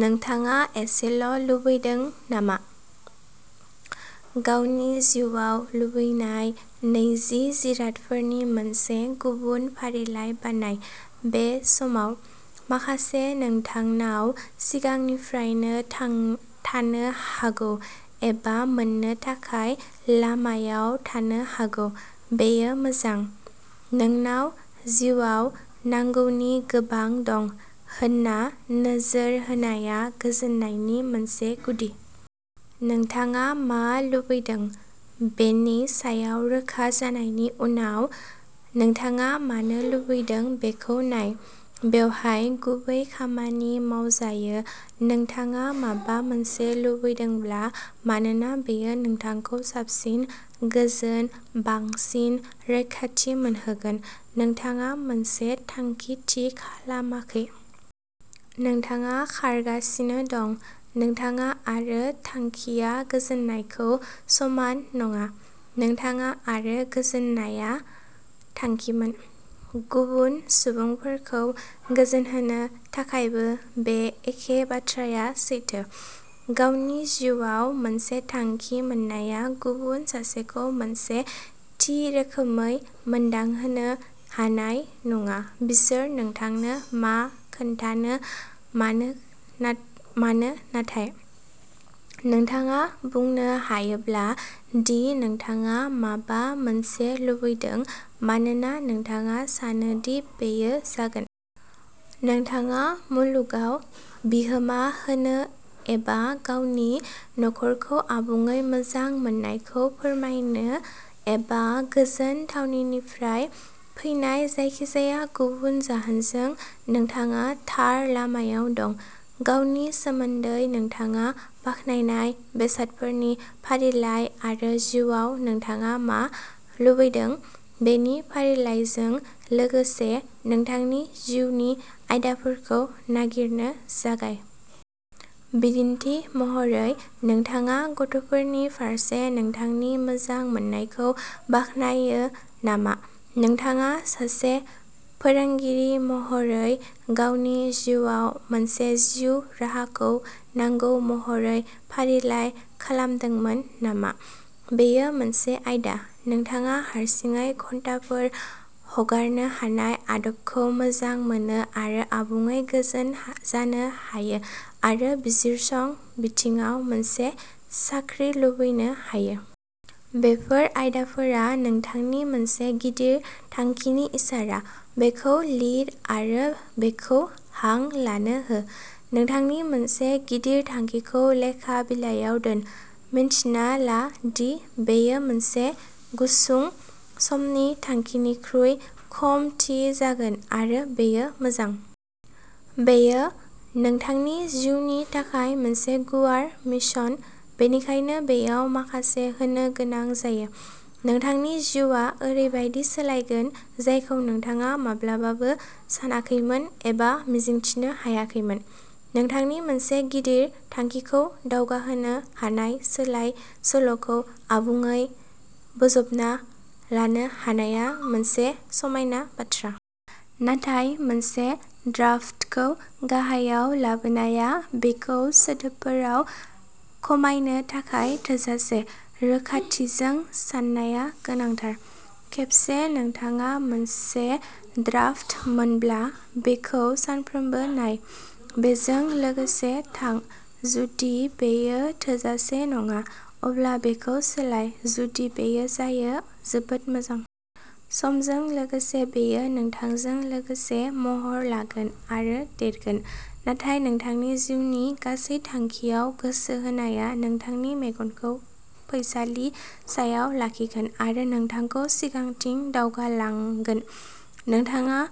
नोंथाङा एसेल' लुबैदों नामा? गावनि जिउआव लुबैनाय नैजि जिरादफोरनि मोनसे गुबुन फारिलाइ बानाय, बे समाव। माखासे नोंथांनाव सिगांनिफ्रायनो थानो हागौ, एबा मोन्नो थाखाय लामायाव थानो हागौ। बेयो मोजां। नोंनाव जिउआव नांगौनि गोबां दं होन्ना नोजोर होनाया गोजोननायनि मोनसे गुदि। नोंथाङा मा लुबैदों बेनि सायाव रोखा जानायनि उनाव, नोंथाङा मानो लुबैदों बेखौ नाय। बेवहाय गुबै खामानि मावजायो। नोंथाङा माबा मोनसे लुबैदोंब्ला मानोना बेयो नोंथांखौ साबसिन, गोजोन, बांसिन रैखाथि मोनहोगोन। नोंथाङा मोनसे थांखि थि खालामाखै। नोंथाङा खारगासिनो दं। नोंथाङा आरो थांखिया गोजोननायखौ समान नङा। नोंथाङा आरो गोजोननाया थांखिमोन। गुबुन सुबुंफोरखौ गोजोनहोनो थाखायबो बे एखे बाथ्राया सैथो। गावनि जिउआव मोनसे थांखि मोननाया गुबुन सासेखौ मोनसे थि रोखोमै मोनदांहोनो हानाय नङा बिसोर नोंथांनो मा खोन्थानो मानो नाथाय, नोंथाङा बुंनो हायोब्ला दि नोंथाङा माबा मोनसे लुबैदों मानोना नोंथाङा सानो दि बेयो जागोन। नोंथाङा मुलुगआव बिहोमा होनो एबा गावनि नखरखौ आबुङै मोजां मोननायखौ फोरमायनो एबा गोजोन थावनिनिफ्राय फैनाय जायखिजाया गुबुन जाहोनजों, नोंथाङा थार लामायाव दं। गावनि सोमोन्दै नोंथाङा बाख्नायनाय बेसादफोरनि फारिलाइ आरो जिउआव नोंथाङा मा लुबैदों बेनि फारिलाइजों लोगोसे, नोंथांनि जिउनि आयदाफोरखौ नागिरनो जागाय। बिदिन्थि महरै, नोंथाङा गथ'फोरनि फारसे नोंथांनि मोजां मोननायखौ बाख्नायो नामा नोंथाङा सासे फोरोंगिरि महरै गावनि जिउआव मोनसे जिउ राहाखौ नांगौ महरै फारिलाइ खालामदोंमोन नामा, बेयो मोनसे आयदा। नोंथाङा हारसिङै घन्टाफोर हगारनो हानाय आदबखौ मोजां मोनो आरो आबुङै गोजोन जानो हायो आरो बिजिरसं बिथिङाव मोनसे साख्रि लुबैनो हायो। बेफोर आयदाफोरा नोंथांनि मोनसे गिदिर थांखिनि इसारा। बेखौ लिर आरो बेखौ हां लानो हो। नोंथांनि मोनसे गिदिर थांखिखौ लेखा बिलायाव दोन। मिन्थिना ला दि बेयो मोनसे गुसुं समनि थांखिनिख्रुइ खम थि जागोन आरो बेयो मोजां। बेयो। नोंथांनि जिउनि थाखाय मोनसे गुवार मिशन, बेनिखायनो बेयाव माखासे होनो गोनां जायो। नोंथांनि जिउआ ओरैबायदि सोलायगोन जायखौ नोंथाङा माब्लाबाबो सानाखैमोन एबा मिजिंथिनो हायाखैमोन। नोंथांनि मोनसे गिदिर थांखिखौ दावगाहोनो हानाय सोलाय-सोल'खौ आबुङै बोजबना लानो हानायआ मोनसे समायना बाथ्रा। नाथाय मोनसे ड्राफ्टखौ गाहायाव लाबोनाया, बेखौ सोदोबफोराव खमायनो थाखाय थोजासे रोखाथिजों साननाया गोनांथार। खेबसे नोंथाङा मोनसे ड्राफ्ट मोनब्ला, बेखौ सानफ्रोमबो नाय। बेजों लोगोसे थां। जुदि बेयो थोजासे नङा, अब्ला बेखौ सोलाय। जुदि बेयो जायो, जोबोद मोजां। समजों लोगोसे बेयो नोंथांजों लोगोसे महर लागोन आरो देरगोन, नाथाय नोंथांनि जिउनि गासै थांखिआव गोसो होनाया नोंथांनि मेगनखौ फैसालि सायाव लाखिगोन आरो नोंथांखौ सिगांथिं दावगालांगोन। नोंथाङा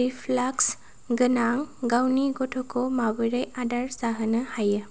रिफ्लाक्स गोनां गावनि गथ'खौ माबोरै आदार जाहोनो हायो।